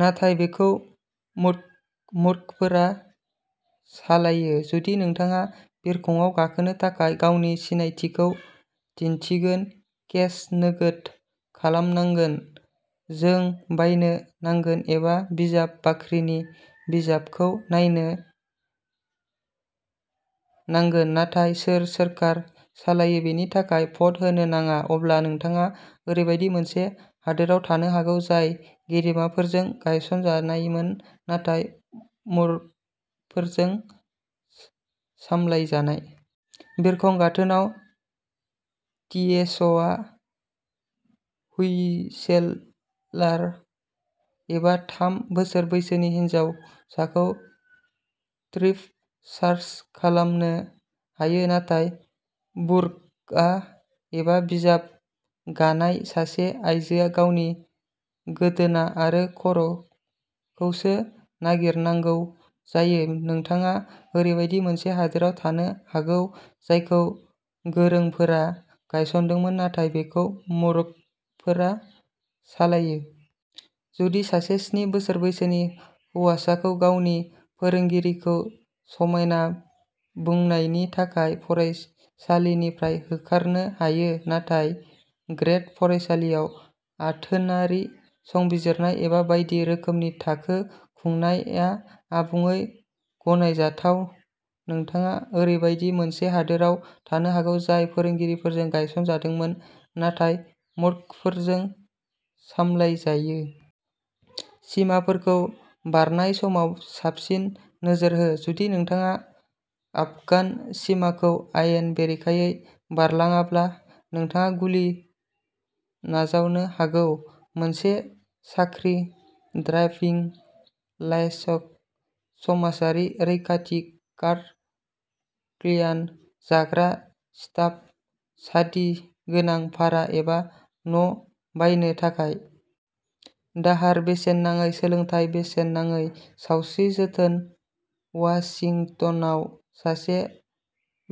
नाथाय बेखौ मूर्खफोरा सालायो। जुदि नोंथाङा बिरखंआव गाखोनो थाखाय गावनि सिनायथिखौ दिन्थिनांगोन, चेक नोगोद खालामनांगोन, जौ बायनो नांगोन, एबा बिजाब बाख्रिनि बिजाबखौ नायनो नांगोन, नाथाय सोर सोरखार सालायो बेनि थाखाय भ'ट होनो नाङा-अब्ला नोंथाङा ओरैबायदि मोनसे हादोरआव थानो हागौ, जाय गेदेमाफोरजों गायसनजानायमोन नाथाय मूर्खफोरजों सालायजानाय। बिरखं गाथोनाव टिएसएआ हुइलचेयार एबा थाम बोसोर बैसोनि हिनजावखौ स्ट्रिप-सार्च खालामनो हायो, नाथाय बुरका एबा हिजाब गान्नाय सासे आइजोआ गावनि गोदोना आरो खर'खौसो नागिरनांगौ जायो-नोंथाङा ओरैबायदि मोनसे हादोरआव थानो हागौ, जायखौ गोरोंफोरा गायसनदोंमोन नाथाय बेखौ मूर्खफोरा सालायो। जुदि सासे स्नि बोसोर बैसोनि हौवासाखौ गावनि फोरोंगिरिखौ "समायना" बुंनायनि थाखाय फरायसालिनिफ्राय होखारनो हायो, नाथाय ग्रेड फरायसालियाव आथोनारि संजिरनाय एबा बायदि रोखोमनि थाखो खुंनाया आबुङै गनायजाथाव-नोंथाङा ओरैबायदि मोनसे हादोरआव थानो हागौ, जाय गोरोंफोरजों गायसनजादोंमोन नाथाय मूर्खफोरजों सालायजायो। सिमाफोरखौ बारनाय समाव साबसिन नोजोर हो! जुदि नोंथाङा आफगान सिमाखौ आयेन बेरेखायै बारलांब्ला, नोंथाङा गुलि नांजानो हागौ। मोनसे साख्रि, ड्राइभिं लाइसेन्स, समाजारि रैखाथि कार्ड, कल्याण, जाग्रा स्टाम्प, साब्सिडी गोनां भारा एबा न'बायनो थाखाय दाहार, बेसेन नाङै सोलोंथाय, बेसेन नाङै सावस्रि जोथोन, वाशिंटनआव सासे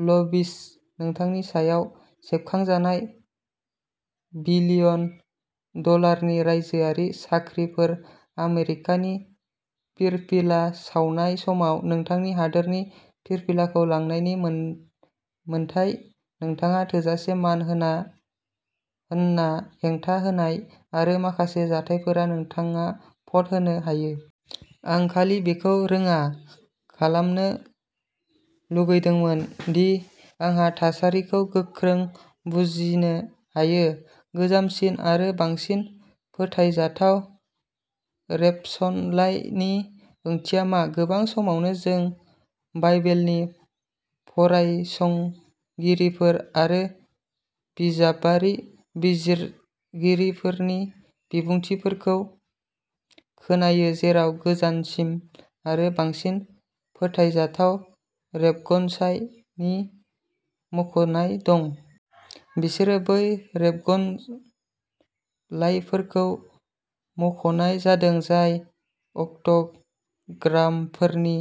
लबिस्ट, नोंथांनि रावाव सेबखांजानाय बिलियन डलारनि रायजोआरि खाख्रिफोर, आमेरिकानि फिरफिला सावनाय समाव नोंथांनि हादोरनि फिरफिलाखौ लांनायनि मोन्थाइ, नोंथाङा थोजासे मान मोना होनना हेंथा होनाय, आरो माखासे जाथायफोराव, नोंथाङा भ'ट होनो हायो। आं खालि बेखौ रोखा खालामनो लुगैदोंमोन दि आंहा थासारिखौ गोख्रों बुजिनो हायो। गोजामसिन आरो बांसिन फोथायजाथाव रेबसनलाइ" नि ओंथिया मा? गोबां समावनो जों बाइबेलनि फरायसंगिरिफोर आरो बिजाबारि बिजिरगिरिफोरनि बिबुंथिफोरखौ खोनायो जेराव गोजामसिन आरो बांसिन फोथायजाथाव रेबसनलाइ नि मुंख'नाय दं। बिसोरो बै रेबसनलाइफोरखौ मुंख'नाय जादों जाय अट'ग्राफफोरनि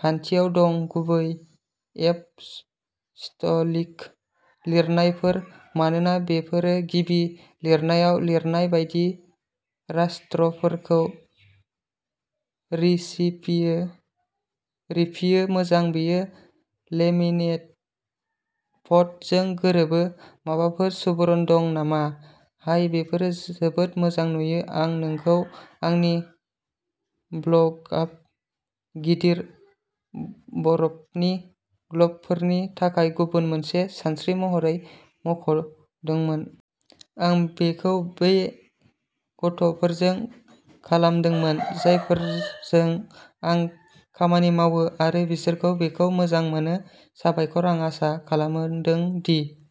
खाथियाव दं-गुबै एप'स्टलिक लिरनायफोर-मानोना बेफोरो गिबि लिरनायाव लिरनाय बायदि शास्त्रफोरखौ रिफियो। मोजां, बेयो लेमिनेटेड फट'जों गोरोबो। माबाफोर सुबुरुन दं नामा? हाय, बेफोर जोबोद मोजां नुयो। आं नोंखौ आंनि ब्ल'गआव गिदिर बरफनि ग्ल'बफोरनि थाखाय गुबुन मोनसे सानस्रि महरै मुंख'दोंमोन। आं बेखौ बै गथ'फोरजों खालामदोंमोन, जायफोरजों आं खामानि मावो आरो बिसोर बेखौ मोजां मोनो। साबायखर। आं आसा खालामदों दि